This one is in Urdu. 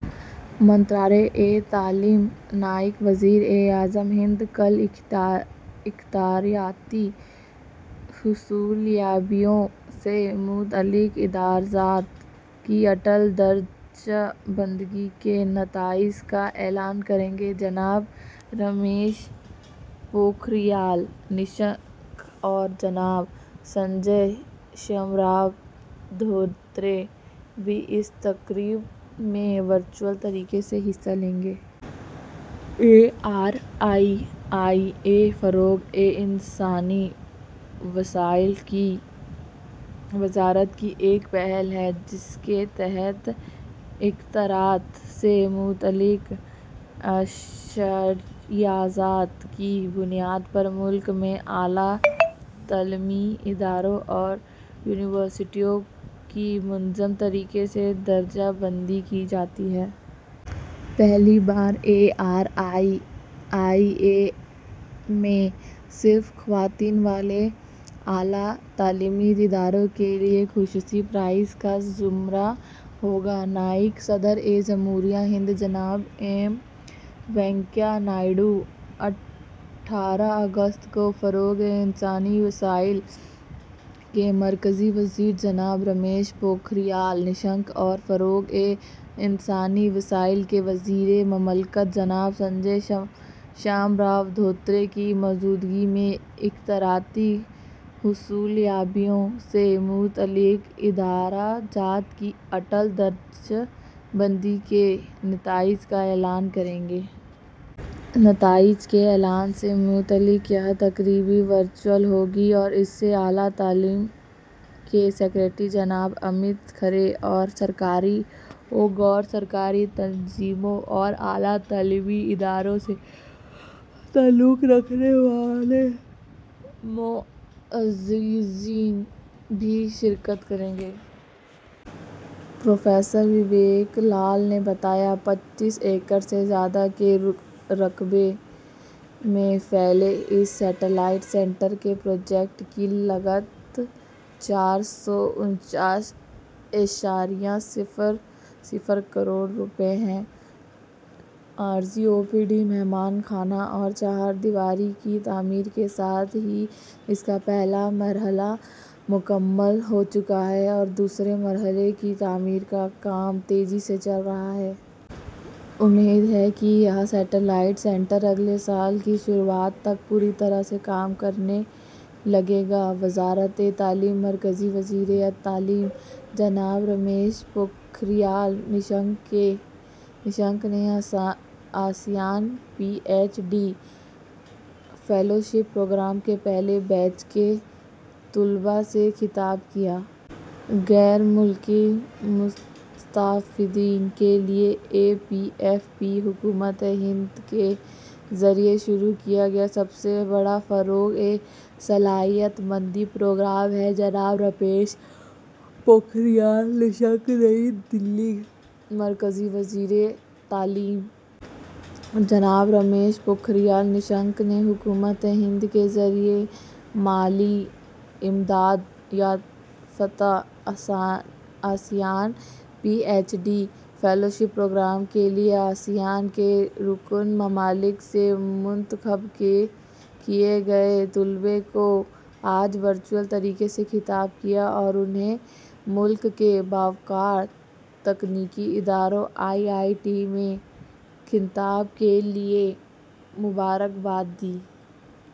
وزارتِ تعلیم نائب صدر جمہوریہ ہند کل اختراعاتی حصولیابیوں سے متعلق ادارہ جات کی اٹل درجہ بندی کے نتائج کا اعلان کریں گے۔ جناب رمیش پوکھریال نشنک اور جناب سنجے شام راؤ دھوترے بھی اس تقریب میں ورچوئل طریقے سے حصہ لیں گے۔ اے آر آئی آئی اے فروغِ انسانی وسائل کی وزارت کی ایک پہل ہے، جس کے تحت اختراعات سے متعلق اشاریہ جات کی بنیاد پر ملک میں اعلیٰ تعلیمی اداروں اور یونیورسٹیوں کی منظم طریقے سے درجہ بندی کی جاتی ہے۔ پہلی بار اے آر آئی آئی اے میں صرف خواتین والے اعلیٰ تعلیمی اداروں کے لیے خصوصی پرائز کا زمرہ ہوگا۔ نائب صدر جمہوریہ ہند جناب ایم وینکیا نائیڈو اٹھارہ اگست کو فروغِ انسانی وسائل کے مرکزی وزیر جناب رمیش پوکھریال نشنک اور فروغِ انسانی وسائل کے وزیر مملکت جناب سنجے شام راؤ دھوترے کی موجودگی میں اختراعاتی حصولیابیوں سے متعلق ادارہ جات کی اٹل درجہ بندی کے نتائج کا اعلان کریں گے۔ نتائج کے اعلان سے متعلق یہ تقریب ورچوئل ہوگی اور اس میں اعلیٰ تعلیم کے سکریٹری جناب امت کھرے اور سرکاری و غیر سرکاری تنظیموں اور اعلیٰ تعلیمی اداروں سے تعلق رکھنے والے معززین بھی شرکت کریں گے۔ پروفیسر وویک لال نے بتایا، ''پچیس ایکڑ سے زیادہ کے رقبے میں پھیلے اس سیٹلائٹ سنٹر کے پروجیکٹ کی لاگت چار سو انچاس اعشاریہ صفر صفر کروڑ روپے ہے۔ عارضی او پی ڈی، مہمان خانہ اور چہار دیواری کی تعمیر کے ساتھ ہی اس کا پہلا مرحلہ مکمل ہو چکا ہے اور دوسرے مرحلے کی تعمیر کا کام تیزی سے چل رہا ہے۔ امید ہے کہ یہ سیٹلائٹ سنٹر اگلے سال کی شروعات تک پوری طرح سے کام کرنے لگے گا۔'' وزارتِ تعلیم مرکزی وزیر تعلیم جناب رمیش پوکھریال نشنک نے ASEAN P H D fellowship programme کے پہلے بیچ کے طلباء سے خطاب کیا۔ غیر ملکی مستفیدین کے لیے اے پی ایف پی حکومتِ ہند کے ذریعے شروع کیا گیا سب سے بڑا فروغِ صلاحیت مندی پروگرام ہے: جناب رمیش پوکھریال 'نشنک' نئی دہلی: مرکزی وزیر تعلیم جناب رمیش پوکھریال 'نشنک' نے حکومتِ ہند کے ذریعے مالی امداد یافتہ ASEAN P H D fellowship programme کے لیے آسیان کے رکن ممالک سے منتخب کیے گئے طلباء کو آج ورچوئل طریقے سے خطاب کیا اور انھیں ملک کے باوقار تکنیکی اداروں آئی آئی ٹی میں انتخاب کے لیے مبارکباد دی۔